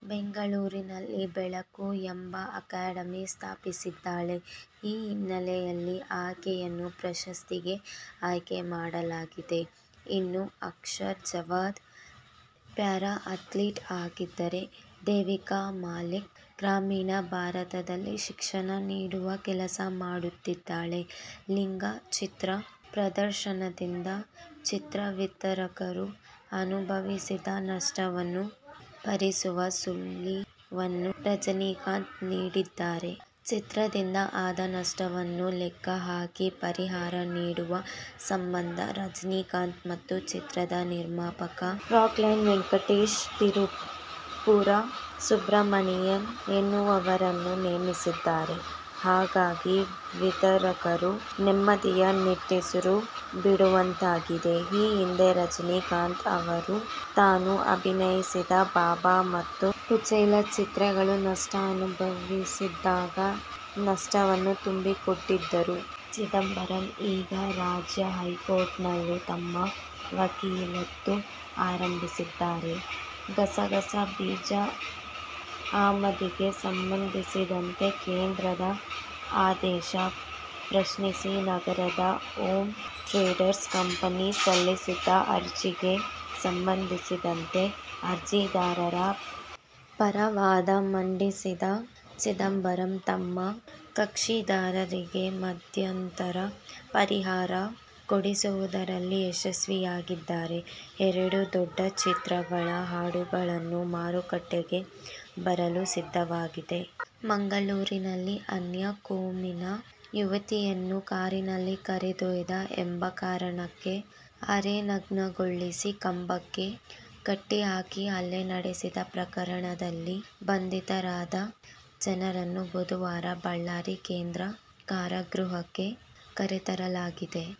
ಬೆಂಗಳೂರಿನಲ್ಲಿ ಬೆಳಕು ಎಂಬ ಅಕಾಡೆಮಿ ಸ್ಥಾಪಿಸಿದ್ದಾಳೆ. ಈ ಹಿನ್ನೆಲೆಯಲ್ಲಿ ಆಕೆಯನ್ನು ಪ್ರಶಸ್ತಿಗೆ ಆಯ್ಕೆ ಮಾಡಲಾಗಿದೆ. ಇನ್ನು ಅಕ್ಷಯ್ ಜಾಧವ್ ಪ್ಯಾರಾ ಅಥ್ಲೀಟ್ ಆಗಿದ್ದರೆ, ದೇವಿಕಾ ಮಲಿಕ್ ಗ್ರಾಮೀಣ ಭಾಗದಲ್ಲಿ ಶಿಕ್ಷಣ ನೀಡುವ ಕೆಲಸ ಮಾಡುತ್ತಿದ್ದಾಳೆ. "ಲಿಂಗಾ' ಚಿತ್ರ ಪ್ರದರ್ಶನದಿಂದ ಚಿತ್ರ ವಿತರಕರು ಅನುಭವಿಸಿದ ನಷ್ಟವನ್ನು ಭರಿಸುವ ಸುಳಿವನ್ನು ರಜನೀಕಾಂತ್ ನೀಡಿದ್ದಾರೆ. ಚಿತ್ರದಿಂದ ಆದ ನಷ್ಟವನ್ನು ಲೆಕ್ಕಹಾಕಿ ಪರಿಹಾರ ನೀಡುವ ಸಂಬಂಧ ರಜನೀಕಾಂತ್ ಮತ್ತು ಚಿತ್ರದ ನಿರ್ಮಾಪಕ ರಾಕ್ಲೈನ್ ವೆಂಕಟೇಶ್, ತಿರುಪುರ ಸುಬ್ರಮಣಿಯನ್ ಎನ್ನುವವರನ್ನು ನೇಮಿಸಿದ್ದಾರೆ. ಹೀಗಾಗಿ ವಿತರಕರು ನೆಮ್ಮದಿಯ ನಿಟ್ಟುಸಿರು ಬಿಡುವಂತಾಗಿದೆ. ಈ ಹಿಂದೆ ರಜನೀಕಾಂತ್ ಅವರು ತಾವು ಅಭಿನಯಿಸಿದ ಬಾಬಾ ಮತ್ತು ಕುಚೇಲನ್ ಚಿತ್ರಗಳು ನಷ್ಟ ಅನುಭವಿಸಿದಾಗ ನಷ್ಟವನ್ನು ತುಂಬಿಕೊಟ್ಟಿದ್ದರು. ಚಿದಂಬರಂ ಈಗ ರಾಜ್ಯ ಹೈಕೋರ್ಟ್ನಲ್ಲೂ ತಮ್ಮ ವಕಾಲತು ಆರಂಭಿಸಿದ್ದಾರೆ. ಗಸಗಸೆ ಬೀಜ ಆಮದಿಗೆ ಸಂಬಂಧಿಸಿದಂತೆ ಕೇಂದ್ರದ ಆದೇಶ ಪ್ರಶ್ನಿಸಿ ನಗರದ ಓಂ ಟ್ರೇಡರ್ಸ್ ಕಂಪೆನಿ ಸಲ್ಲಿಸಿದ್ದ ಅರ್ಜಿಗೆ ಸಂಬಂಧಿಸಿದಂತೆ ಅರ್ಜಿದಾರರ ಪರ ವಾದ ಮಂಡಿಸಿದ ಚಿದಂಬರಂ, ತಮ್ಮ ಕಕ್ಷಿದಾರರಿಗೆ ಮಧ್ಯಂತರ ಪರಿಹಾರ ಕೊಡಿಸುವುದರಲ್ಲಿ ಯಶಸ್ವಿಯಾಗಿದ್ದಾರೆ. ಎರಡು ದೊಡ್ಡ ಚಿತ್ರಗಳ ಹಾಡುಗಳು ಮಾರುಕಟ್ಟೆಗೆ ಬರಲು ಸಿದ್ಧವಾಗಿವೆ. ಮಂಗಳೂರಿನಲ್ಲಿ ಅನ್ಯ ಕೋಮಿನ ಯುವತಿಯನ್ನು ಕಾರಿನಲ್ಲಿ ಕರೆದೊಯ್ದ ಎಂಬ ಕಾರಣಕ್ಕೆ ಅರೆನಗ್ನಗೊಳಿಸಿ ಕಂಬಕ್ಕೆ ಕಟ್ಟಿಹಾಕಿ ಹಲ್ಲೆ ನಡೆಸಿದ ಪ್ರಕರಣದಲ್ಲಿ ಬಂಧಿತರಾದ ಜನರನ್ನು ಬುಧವಾರ ಬಳ್ಳಾರಿ ಕೇಂದ್ರ ಕಾರಾಗೃಹಕ್ಕೆ ಕರೆತರಲಾಗಿದೆ.